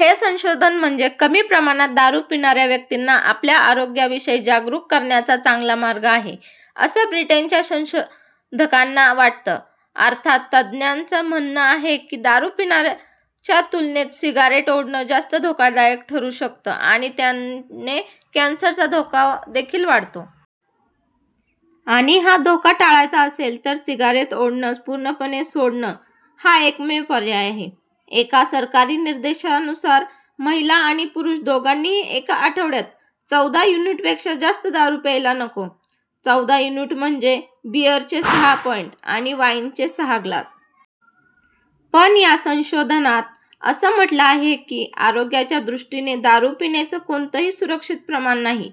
हे संशोधन म्हणजे कमी प्रमाणात दारू पिणाऱ्या व्यक्तींना आपल्या आरोग्याविषयी जागरूक करण्याचा चांगला मार्ग आहे, असं ब्रिटनच्या संशोधकांना वाटतं. अर्थात तज्ज्ञांचं म्हणणं आहे की दारू पिण्याच्या तुलनेत सिगारेट ओढणं जास्त धोकादायक ठरू शकतं आणि त्याने कॅन्सरचा धोकादेखील वाढतो. आणि हा धोका टाळायचा असेल तर सिगारेट ओढणं पूर्णपणे सोडणं, हा एकमेव पर्याय आहे. एका सरकारी निर्देशकानुसार महिला आणि पुरुष दोघांनीही एका आठवड्यात चौदा युनिटपेक्षा जास्त दारू प्यायला नको. चौदा युनिट म्हणजे बीअरचे सहा पाईन्ट आणि वाईनचे सहा ग्लास. पण या संशोधनात असं म्हटलं आहे की आरोग्याच्या दृष्टीने दारू पिण्याचं कोणतंही सुरक्षित प्रमाण नाही.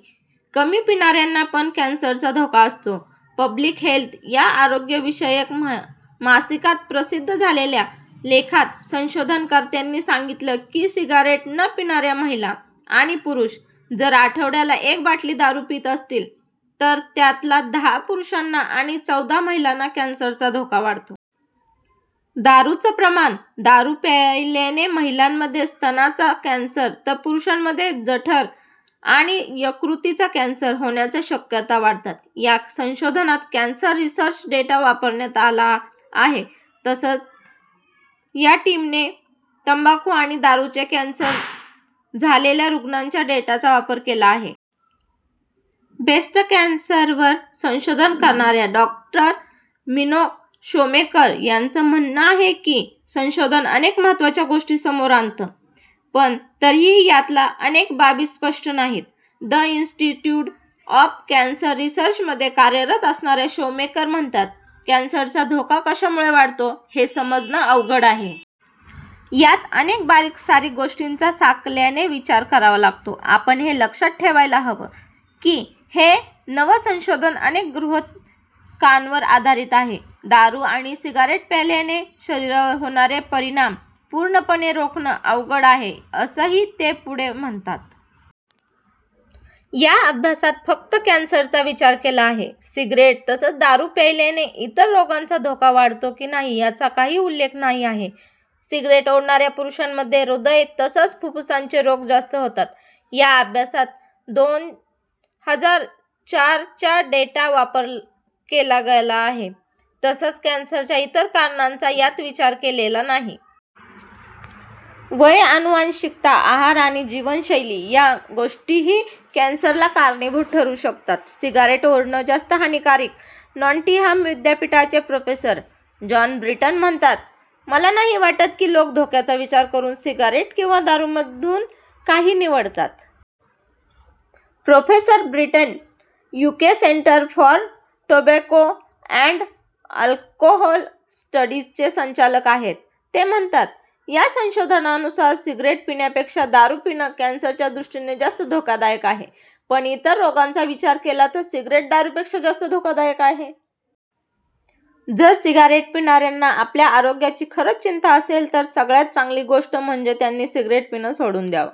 कमी पिणाऱ्यांना पण कॅन्सरचा धोका असतो. ' पब्लिक हेल्थ' या आरोग्यविषयक मासिकात प्रसिद्ध झालेल्या लेखात संशोधनकर्त्यांनी सांगितलं की सिगारेट न पिणाऱ्या महिला आणि पुरुष जर आठवड्याला एक बाटली दारू पीत असतील तर त्यातल्या दहा पुरुषांना आणि चौदा महिलांना कॅन्सरचा धोका वाढतो. दारूचं प्रमाण दारू प्यायल्याने महिलांमध्ये स्तनाचा कॅन्सर तर पुरुषांमध्ये जठर आणि यकृताचा कॅन्सर होण्याच्या शक्यता वाढतात. या संशोधनात कॅन्सर रिसर्च डेटा वापरण्यात आला आहे. तसंच या टीमने तंबाखू आणि दारूने कॅन्सर झालेल्या रुग्णांच्या डेटाचा वापर केला आहे. ब्रेस्ट कॅन्सरवर संशोधन करणाऱ्या डॉ. मिनोक शोमेकर यांचं म्हणणं आहे की हे संशोधन अनेक महत्त्वाच्या गोष्टी समोर आणतं. पण तरीही यातल्या अनेक बाबी स्पष्ट नाहीत. 'द इंस्टिस्ट्यूट ऑफ कॅन्सर रिसर्च'मध्ये कार्यरत असणाऱ्या शोमेकर म्हणतात कॅन्सरचा धोका कशामुळे वाढतो हे समजणं अवघड आहे. यात अनेक बारीकसारीक गोष्टींचा साकल्याने विचार करावा लागतो. आपण हे लक्षात ठेवायला हवं की हे नवं संशोधन अनेक गृहितकांवर आधारित आहे. दारू आणि सिगारेट प्यायल्याने शरीरावर होणारे परिणाम पूर्णपणे रोखणं अवघड आहे, असंही ते पुढे म्हणतात. या अभ्यासात फक्त कॅन्सरचा विचार केला आहे. सिगरेट तसंच दारू प्यायल्याने इतर रोगांचा धोका वाढतो की नाही याचा काही उल्लेख नाही आहे. सिगरेट ओढणाऱ्या पुरुषांमध्ये हृदय तसंच फुफ्फुसाचे रोग जास्त होतात. या अभ्यासात दोन हजार चार च्या डेटाचा वापर केला गेला आहे तसंच कॅन्सरच्या इतर कारणांचा यात विचार केलेला नाही. वय, आनुवांशिकता, आहार आणि जीवनशैली या गोष्टीही कॅन्सरला कारणीभूत ठरू शकतात. सिगारेट ओढणं जास्त हानिकारक नॉटिंहम विद्यापीठाचे प्रोफेसर जॉन ब्रिटन म्हणतात मला नाही वाटत की लोक धोक्याचा विचार करून सिगारेट किंवा दारूमधून काही निवडतात. Professor Britton UK centre for tobacco and alcohol स्टडीजचे संचालक आहेत. ते म्हणतात या संशोधनानुसार सिगरेट पिण्यापेक्षा दारू पिणं कॅन्सरच्या दृष्टीने जास्त धोकादायक आहे, पण इतर रोगांचा विचार केला तर सिगरेट दारूपेक्षा जास्त धोकादायक आहे. जर सिगारेट पिणाऱ्यांना आपल्या आरोग्याची खरंच चिंता असेल तर सगळ्यात चांगली गोष्ट म्हणजे त्यांनी सिगरेट पिणं सोडून द्यावं.